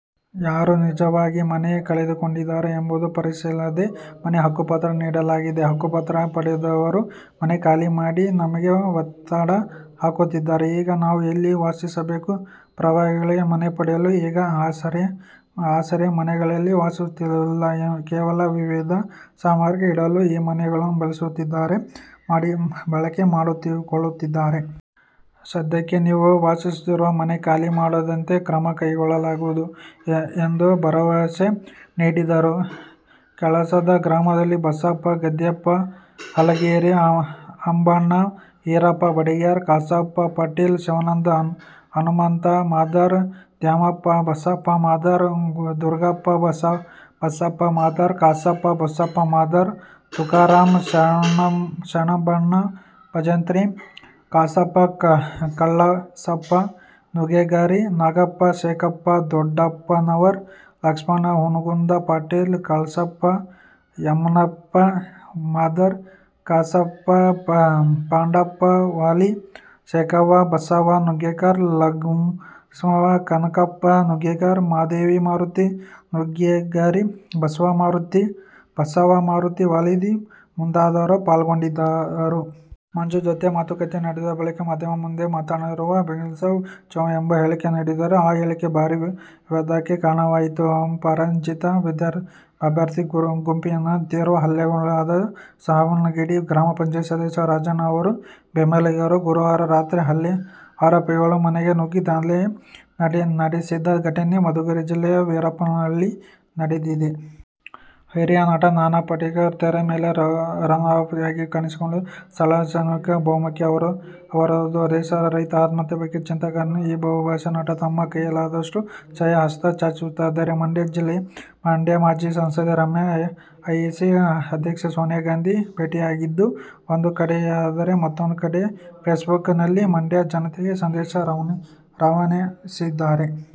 ಯಾರು ನಿಜವಾಗಿ ಮನೆ ಕಳೆದುಕೊಂಡಿದ್ದಾರೆ ಎಂಬುದು ಪರಿಶೀಲಿಸದೇ ಮನೆ ಹಕ್ಕುಪತ್ರ ನೀಡಲಾಗಿದೆ. ಹಕ್ಕುಪತ್ರ ಪಡೆದವರು ಮನೆ ಖಾಲಿ ಮಾಡಲು ನಮಗೆ ಒತ್ತಡ ಹಾಕುತ್ತಿದ್ದಾರೆ. ಈಗ ನಾವು ಎಲ್ಲಿ ವಾಸಿಸಬೇಕು. ಪ್ರಭಾವಿಗಳು ಮನೆ ಪಡೆದರೂ ಈ ಆಸರೆ ಮನೆಗಳಲ್ಲಿ ವಾಸಿಸುತ್ತಿಲ್ಲ. ಕೇವಲ ವಿವಿಧ ಸಾಮಗ್ರಿ ಇಡಲು ಈ ಮನೆಗಳನ್ನು ಬಳಕೆ ಮಾಡಿಕೊಳ್ಳುತ್ತಿದ್ದಾರೆ. ಸಧ್ಯಕ್ಕೆ ನೀವು ವಾಸಿಸುವ ಮನೆ ಖಾಲಿ ಮಾಡಿಸದಂತೆ ಕ್ರಮ ಕೈಗೊಳ್ಳಲಾಗುವುದು ಎಂದು ಭರವಸೆ ನೀಡಿದರು. ಕಳಸದ ಗ್ರಾಮದ ಬಸಪ್ಪ ಗದಿಗೆಪ್ಪ ಹಾಲಗೇರಿ, ಅಂಬಣ್ಣ ಈರಪ್ಪ ಬಡಿಗೇರ, ಕಾಶಪ್ಪ ಹ. ಪಾಟೀಲ, ಶಿವಾನಂದ ಹನುಮಂತ ಮಾದರ, ದ್ಯಾಮಪ್ಪ ಬಸಪ್ಪ ಮಾದರ, ದುರ್ಗಪ್ಪ ಬಸಪ್ಪ ಮಾದರ, ಕಾಶಪ್ಪ ಬಸಪ್ಪ ಮಾದರ, ತುಕಾರಾಮ ಶಂಬಣ್ಣ ಭಜಂತ್ರಿ, ಕಾಶಪ್ಪ ಕಳಸಪ್ಪ ನುಂಗಾರಿ, ನಾಗಪ್ಪ ಶೇಖರಪ್ಪ ದೊಡ್ಡಪ್ಪನವರ, ಲಕ್ಷ್ಮಣ ಹನುಮಂತ ಪಾಟೀಲ, ಕಳಸಪ್ಪ ಯಮನಪ್ಪ ಮಾದರ, ಕಾಶವ್ವ ಪಾಂಡಪ್ಪ ವಾಲ್ದಿ, ಶೇಖವ್ವ ಬಸಪ್ಪ ನುಂಗಾರಿ, ಲಕ್ಷ್ಮವ್ವ ಕನಕಪ್ಪ ನುಂಗಾರಿ, ಮಹಾದೇವಿ ಮಾರುತಿ ನುಂಗಾರಿ, ಬಸವ್ವ ಮಾರುತಿ ವಾಲ್ದಿ ಮುಂತಾದವರು ಪಾಲ್ಗೊಂಡಿದ್ದರು. ಮಂಜು ಜತೆ ಮಾತುಕತೆ ನಡೆಸಿದ ಬಳಿಕ, ಮಾಧ್ಯಮದ ಮುಂದೆ ಮಾತನಾಡುವಾಗ, "ಬೆಗ್ಗರ್ ಹ್ಯಾವ್ ನೋ ಚಾಯ್ಸ' ಎಂಬ ಹೇಳಿಕೆ ನೀಡಿದರು. ಆ ಹೇಳಿಕೆ ಭಾರೀ ವಿವಾದಕ್ಕೂ ಕಾರಣವಾಯಿತು. ಪರಾಜಿತ ಅಭ್ಯರ್ಥಿ ಗುಂಪಿನಿಂದ ತೀವ್ರ ಹಲ್ಲೆಗೊಳಗಾಗಿ ಸಾವಿಗೀಡಾದ ಗ್ರಾ. ಪಂ. ಸದಸ್ಯ ರಾಜಣ್ಣ ಅವರ ಬೆಂಬಲಿಗರು ಗುರುವಾರ ರಾತ್ರಿ ಹಲ್ಲೆ ಆರೋಪಿಗಳ ಮನೆಗೆ ನುಗ್ಗಿ ದಾಂಧಲೆ ನಡೆಸಿದ ಘಟನೆ ಮಧುಗಿರಿ ತಾಲೂಕಿನ ವೀರಣ್ಣನಹಳ್ಳಿಯಲ್ಲಿ ನಡೆದಿದೆ. ಹಿರಿಯ ನಟ ನಾನಾ ಪಾಟೇಕರ್ ತೆರೆ ಮೇಲೆ ರಫ್ ಟಫ್ ಆಗಿ ಕಾಣಿಸಿಕೊಂಡರು ಸರಳ ಸಜ್ಜನಿಕೆಯ ಬಹುಮುಖ ಅವರದ್ದು. ದೇಶದ ರೈತರ ಆತ್ಮಹತ್ಯೆ ಬಗ್ಗೆ ಚಿಂತಿತರಾಗಿರುವ ಈ ಬಹುಭಾಷಾ ನಟ ತಮ್ಮ ಕೈಯಲ್ಲಾಗುವಷ್ಟು ಸಹಾಯ ಹಸ್ತ ಚಾಚುತ್ತಿದ್ದಾರೆ. ಮಂಡ್ಯ ಮಾಜಿ ಸಂಸದೆ ರಮ್ಯಾ ಎಐಸಿಸಿ ಅಧ್ಯಕ್ಷೆ ಸೋನಿಯಾ ಗಾಂಧಿ ಭೇಟಿಯಾಗಿದ್ದು ಒಂದು ಕಡೆಯಾದರೆ ಮತ್ತೊಂದೆಡೆ ಫೇಸ್ ಬುಕ್ ನಲ್ಲಿ ಮಂಡ್ಯ ಜನತೆಗೆ ಸಂದೇಶ ರವಾನಿಸಿದ್ದಾರೆ.